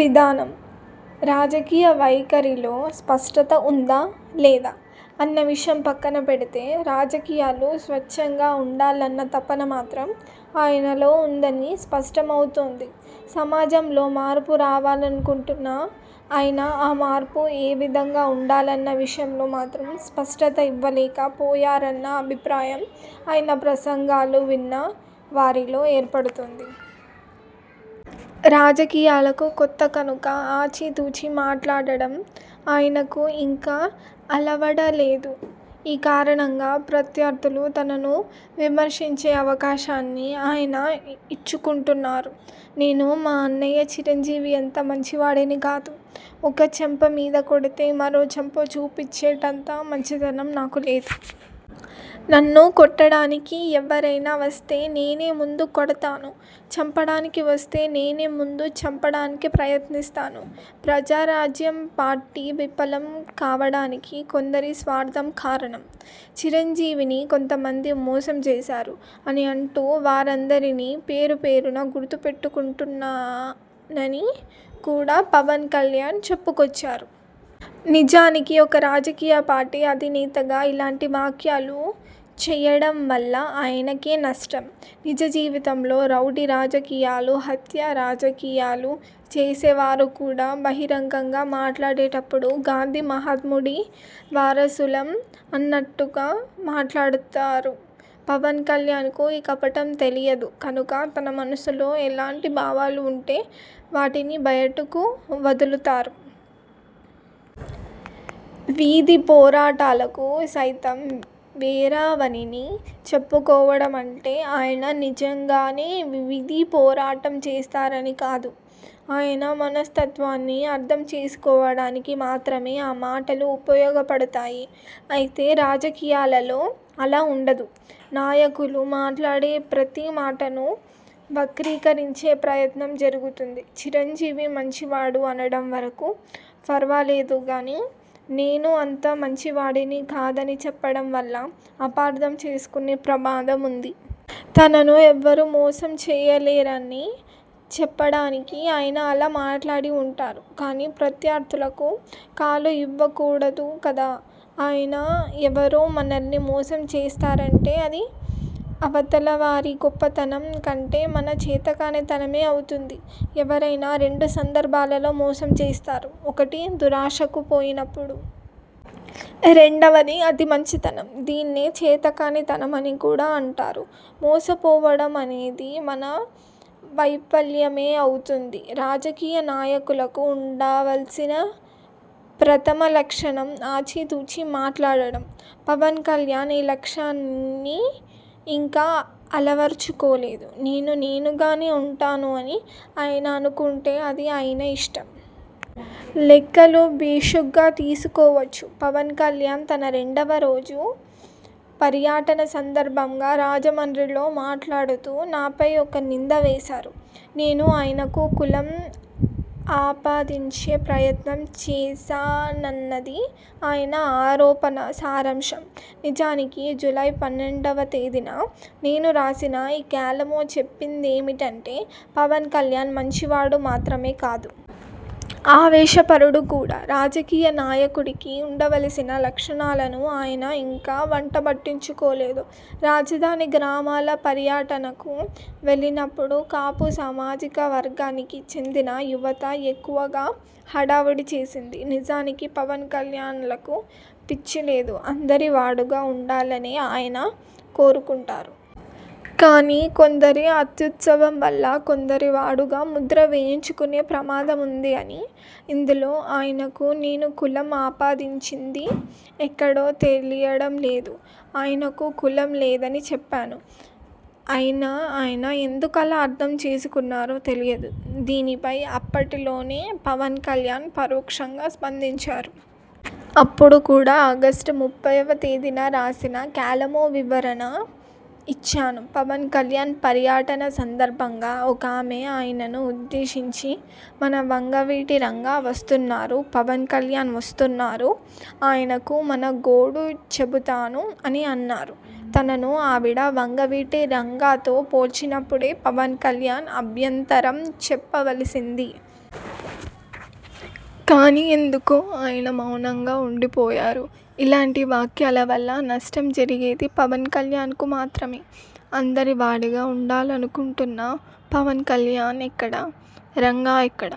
విధానం, రాజకీయ వైఖరిలో స్పష్టత ఉందా? లేదా? అన్న విషయం పక్కన పెడితే, రాజకీయాలు స్వచ్ఛంగా ఉండాలన్న తపన మాత్రం ఆయనలో ఉందని స్పష్టమవుతోంది. సమాజంలో మార్పు రావాలనుకుంటున్న ఆయన ఆ మార్పు ఏ విధంగా ఉండాలన్న విషయంలో మాత్రం స్పష్టత ఇవ్వలేక పోయారన్న అభిప్రాయం ఆయన ప్రసంగాలు విన్న వారిలో ఏర్పడుతోంది. రాజకీయాలకు కొత్త కనుక ఆచి తూచి మాట్లాడటం ఆయనకు ఇంకా అలవడలేదు. ఈ కారణంగా ప్రత్యర్థులు తనను విమర్శించే అవకాశాన్ని ఆయన ఇచ్చుకుంటున్నారు. ''నేను మా అన్నయ్య చిరంజీవి అంత మంచివాడిని కాదు, ఒక చెంప మీద కొడితే మరో చెంప చూపించేటంత మంచితనం నాకు లేదు. నన్ను కొట్టడానికి ఎవరైనా వస్తే నేనే ముందు కొడతాను. చంపడానికి వస్తే నేను ముందు చంపడానికి ప్రయత్నిస్తాను. ప్రజారాజ్యం పార్టీ విఫలం కావడానికి కొందరి స్వార్థం కారణం. చిరంజీవిని కొంతమంది మోసం చేశారు'' అని అంటూ వారందరినీ పేరు పేరునా గుర్తు పెట్టుకుంటానని కూడా పవన్ కల్యాణ్ చెప్పుకొచ్చారు. నిజానికి ఒక రాజకీయ పార్టీ అధినేతగా ఇలాంటి వ్యాఖ్యలు చేయడం వల్ల ఆయనకే నష్టం. నిజ జీవితంలో రౌడీ రాజకీయాలు, హత్యా రాజకీయాలు చేసేవారు కూడా బహిరంగంగా మాట్లాడేటప్పుడు గాంధీ మహాత్ముడి వారసులం అన్నట్టుగా మాట్లాడతారు. పవన్ కల్యాణ్కు ఈ కపటం తెలియదు కనుక తన మనస్సులో ఎలాంటి భావాలు ఉంటే వాటిని బయటకు వదులుతారు. వీధి పోరాటాలకు సైతం వెరవనిని చెప్పుకోవడం అంటే ఆయన నిజంగానే వీధి పోరాటం చేస్తారని కాదు. ఆయన మనస్తత్వాన్ని అర్థం చేసుకోవడానికి మాత్రమే ఆ మాటలు ఉపయోగపడతాయి. అయితే రాజకీయాలలో అలా ఉండదు. నాయకులు మాట్లాడే ప్రతీ మాటను వక్రీకరించే ప్రయత్నం జరుగుతుంది. చిరంజీవి మంచివాడు అనడం వరకు ఫర్వాలేదు గానీ, నేను అంత మంచివాడిని కాదని చెప్పడం వల్ల అపార్థం చేసుకునే ప్రమాదం ఉంది. తనను ఎవరూ మోసం చేయలేరని చెప్పడానికి ఆయన అలా మాట్లాడి ఉంటారు. కానీ ప్రత్యర్థులకు కాలు ఇవ్వకూడదు కదా! అయినా ఎవరో మనల్ని మోసం చేశారంటే అది అవతలివారి గొప్పతనం కంటే మన చేతకానితనమే అవుతుంది. ఎవరైనా రెండు సందర్భాలలో మోసం చేస్తారు. ఒకటి, దురాశకు పోయినప్పుడు. రెండవది, అతి మంచితనం. దీన్నే చేతకానితనం అని కూడా అంటారు. మోసపోవడం అనేది మన వైఫల్యమే అవుతుంది. రాజకీయ నాయకులకు ఉండావల్సిన ప్రథమ లక్షణం ఆచి తూచి మాట్లాడటం! పవన్ కల్యాణ్ ఈ లక్షణాన్ని ఇంకా అలవర్చుకోలేదు. నేను నేనుగానే ఉంటాను అని ఆయన అనుకుంటే అది ఆయన ఇష్టం! లెక్కలు భేషుగ్గా తీసుకోవచ్చు! పవన్ కల్యాణ్ తన రెండవ రోజు పర్యాటన సందర్భంగా రాజమండ్రిలో మాట్లాడుతూ, నాపై ఒక నింద వేశారు. నేను ఆయనకు కులం ఆపాదించే ప్రయత్నం చేశానన్నది ఆయన ఆరోపణ సారాంశం. నిజానికి జూలై పన్నెండవ తేదీన నేను రాసిన ఈ కాలమో చెప్పిందేమిటంటే, ''పవన్ కల్యాణ్ మంచివాడు మాత్రమే కాదు. ఆవేశపరుడు కూడా. రాజకీయ నాయకుడికి ఉండవలసిన లక్షణాలను ఆయన ఇంకా వంట బట్టించుకోలేదు. రాజధాని గ్రామాల పర్యటనకు వెళ్లినప్పుడు కాపు సామాజిక వర్గానికి చెందిన యువత ఎక్కువగా హడావిడి చేసింది. నిజానికి పవన్ కల్యాణ్లకు కుల పిచ్చి లేదు. అందరి వాడుగా ఉండాలనే ఆయన కోరుకుంటారు. కానీ కొందరి అత్యుత్సాహం వల్ల కొందరి వాడుగా ముద్ర వేయించుకునే ప్రమాదం ఉంది అని! ఇందులో ఆయనకు నేను కులం ఆపాదించింది ఎక్కడో తెలియడం లేదు. ఆయనకు కులం లేదనే చెప్పాను. అయినా ఆయన ఎందుకు అలా అర్థం చేసుకున్నారో తెలియదు. దీనిపై అప్పటిలోనే పవన్ కల్యాణ్ పరోక్షంగా స్పందించారు. అప్పుడు కూడా, ఆగస్టు ముప్పైవ తేదీన రాసిన కాలమ్లో వివరణ ఇచ్చాను. ''పవన్ కల్యాణ్ పర్యటన సందర్భంగా ఒకామె ఆయనను ఉద్దేశించి, 'మన వంగవీటి రంగా వస్తున్నారు. పవన్ కల్యాణ్ వస్తున్నారు. ఆయనకు మన గోడు చెబుతాను' అని అన్నారు. తనను ఆవిడ వంగవీటి రంగాతో పోల్చినప్పుడే పవన్ కల్యాణ్ అభ్యంతరం చెప్పవలసింది. కానీ ఎందుకో ఆయన మౌనంగా ఉండిపోయారు. ఇలాంటి వ్యాఖ్యల వల్ల నష్టం జరిగేది పవన్ కల్యాణ్కు మాత్రమే! అందరి వాడిగా ఉండాలనుకుంటున్న పవన్ కల్యాణ్ ఎక్కడ? రంగా ఎక్కడ?